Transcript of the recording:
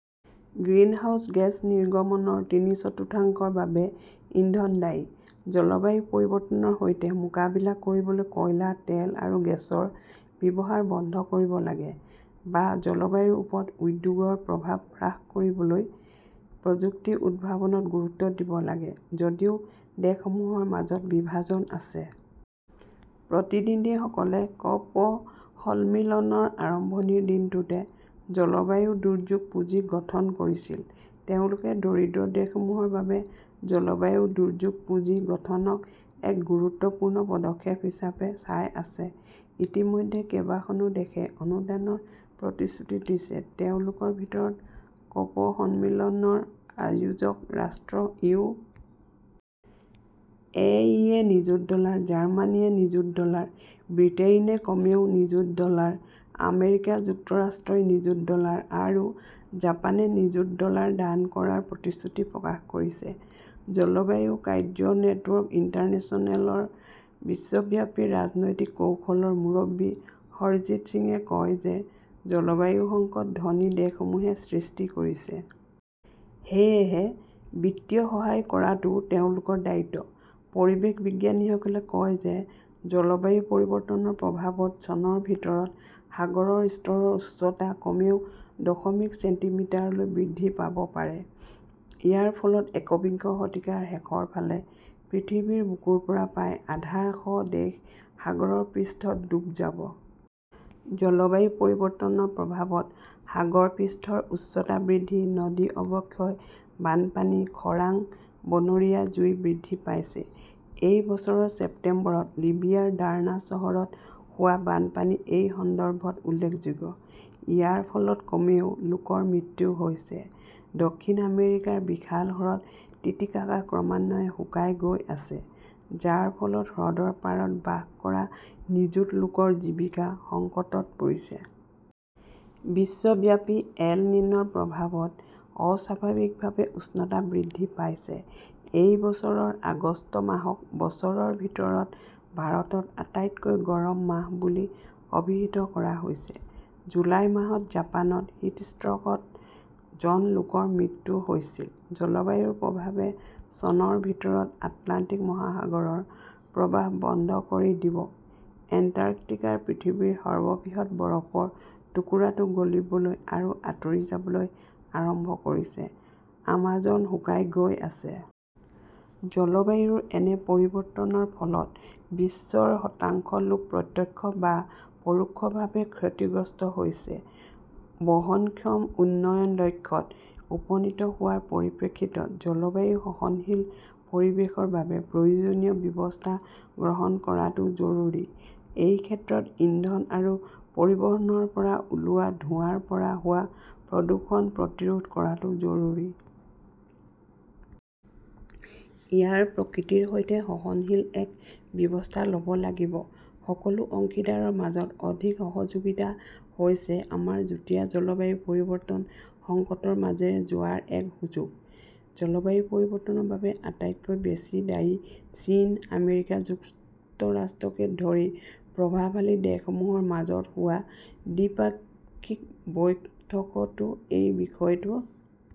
Greenhouse gas নিৰ্গমনৰ তিনি-চতুৰ্থাংশৰ বাবে ইন্ধন দায়ী। জলবায়ু পৰিৱৰ্তনৰ সৈতে মোকাবিলা কৰিবলৈ কয়লা, তেল আৰু গেছৰ ব্যৱহাৰ বন্ধ কৰিব লাগে, বা জলবায়ুৰ ওপৰত উদ্যোগৰ প্ৰভাৱ হ্ৰাস কৰিবলৈ প্ৰযুক্তি উদ্ভাৱনত গুৰুত্ব দিব লাগে; যদিও দেশসমূহৰ মাজত বিভাজন আছে। প্ৰতিনিধিসকলে কপ সন্মিলনৰ আৰম্ভণিৰ দিনটোতে জলবায়ু দুৰ্যোগ পুঁজি গঠন কৰিছিল। তেওঁলোকে দৰিদ্ৰ দেশসমূহৰ বাবে জলবায়ু দুৰ্যোগ পুঁজি গঠনক এক গুৰুত্বপূৰ্ণ পদক্ষেপ হিচাপে চাই আছে। ইতিমধ্যে কেইবাখনো দেশে অনুদানৰ প্ৰতিশ্ৰুতি দিছে। তেওঁলোকৰ ভিতৰত ক "প সন্মিলনৰ আয়োজক ৰাষ্ট্ৰ ইউ. এ. ই. -য়ে নিযুত ডলাৰ, জাৰ্মানীয়ে নিযুত ডলাৰ, ব্ৰিটেইনে কমেও নিযুত ডলাৰ, আমেৰিকা যুক্তৰাষ্ট্ৰই নিযুত ডলাৰ আৰু জাপানে নিযুত ডলাৰ দান কৰাৰ প্ৰতিশ্ৰুতি প্ৰকাশ কৰিছে। জলবায়ু কাৰ্য্য নেটৱৰ্ক ইণ্টাৰনেশ্যনেলৰ বিশ্বব্যাপী ৰাজনৈতিক কৌশলৰ মুৰব্বী হৰজিত সিঙে কয় যে জলবায়ু সংকট ধনী দেশসমূহে সৃষ্টি কৰিছে। সেয়েহে বিত্তীয় সহায় কৰাটোও তেওঁলোকৰ দায়িত্ব। পৰিৱেশ বিজ্ঞানীসকলে কয় যে জলবায়ু পৰিৱৰ্তনৰ প্ৰভাৱত চনৰ ভিতৰত সাগৰৰ স্তৰৰ উচ্চতা কমেও দশমিক ছেণ্টিমিটাৰলৈ বৃদ্ধি পাব পাৰে। ইয়াৰ ফলত একবিংশ শতিকাৰ শেষৰ ফালে পৃথিৱীৰ বুকুৰ পৰা প্ৰায় আধা শ দেশ সাগৰ পৃষ্ঠত ডুব যাব। জলবায়ু পৰিৱৰ্তনৰ প্ৰভাৱত সাগৰপৃষ্ঠৰ উচ্চতা বৃদ্ধি, নদী অৱক্ষয়, বানপানী, খৰাং, বনৰীয়া জুই বৃদ্ধি পাইছে। এই বছৰৰ ছেপ্টেম্বৰত লিবিয়াৰ দাৰ্না চহৰত হোৱা বানপানী এই সন্দৰ্ভত উল্লেখযোগ্য। ইয়াৰ ফলত কমেও, লোকৰ মৃত্যু হৈছে। দক্ষিণ আমেৰিকাৰ বিশাল হ্ৰদ টিটিকাকা ক্ৰমান্বয়ে শুকাই গৈ আছে, যাৰ ফলত হ্ৰদৰ পাৰত বাস কৰা নিযুত লোকৰ জীৱিকা সংকটত পৰিছে। বিশ্বব্যাপী এল নিন "ৰ প্ৰভাৱত অস্বাভাৱিকভাৱে উষ্ণতা বৃদ্ধি পাইছে। এই বছৰৰ আগষ্ট মাহক বছৰৰ ভিতৰত ভাৰতত আটাইতকৈ গৰম মাহ বুলি অভিহিত কৰা হৈছে। জুলাই মাহত জাপানত হিটষ্ট্ৰ 'কত জন লোকৰ মৃত্যু হৈছিল। জলবায়ুৰ প্ৰভাৱে চনৰ ভিতৰত আটলাণ্টিক মহাসাগৰৰ প্ৰবাহ বন্ধ কৰি দিব; এণ্টাৰ্কটিকাৰ পৃথিৱীৰ সৰ্ববৃহৎ বৰফৰ টুকুৰাটো গলিবলৈ আৰু আঁতৰি যাবলৈ আৰম্ভ কৰিছে; আমাজন শুকাই গৈ আছে। জলবায়ুৰ এনে পৰিৱৰ্তনৰ ফলত বিশ্বৰ শতাংশ লোক প্ৰত্যক্ষ বা পৰোক্ষভাৱে ক্ষতিগ্ৰস্ত হৈছে। বহনক্ষম উন্নয়ন লক্ষ্যত উপনীত হোৱাৰ পৰিপ্ৰেক্ষিতত জলবায়ু সহনশীল পৰিৱেশৰ বাবে প্ৰয়োজনীয় ব্যৱস্থা গ্ৰহণ কৰাটো জৰুৰী। এই ক্ষেত্ৰত ইন্ধন আৰু পৰিবহণৰ পৰা ওলোৱা ধোঁৱাৰ পৰা হোৱা প্ৰদূষণ প্ৰতিৰোধ কৰাটো জৰুৰী। ইয়াক প্ৰকৃতিৰ সৈতে সহনশীল এক ব্যৱস্থাত ল "ব লাগিব। সকলো অংশীদাৰৰ মাজত অধিক সহযোগিতা হৈছে আমাৰ যুটীয়া জলবায়ু পৰিৱৰ্তন সংকটৰ মাজেৰে যোৱাৰ এক সুযোগ। জলবায়ু পৰিৱৰ্তনৰ বাবে আটাইতকৈ বেছি দায়ী চীন, আমেৰিকা যুক্তৰাষ্ট্ৰকে ধৰি প্ৰভাৱশালী দেশসমূহৰ মাজত হোৱা দ্বিপাক্ষিক বৈঠকতও এই বিষয়টো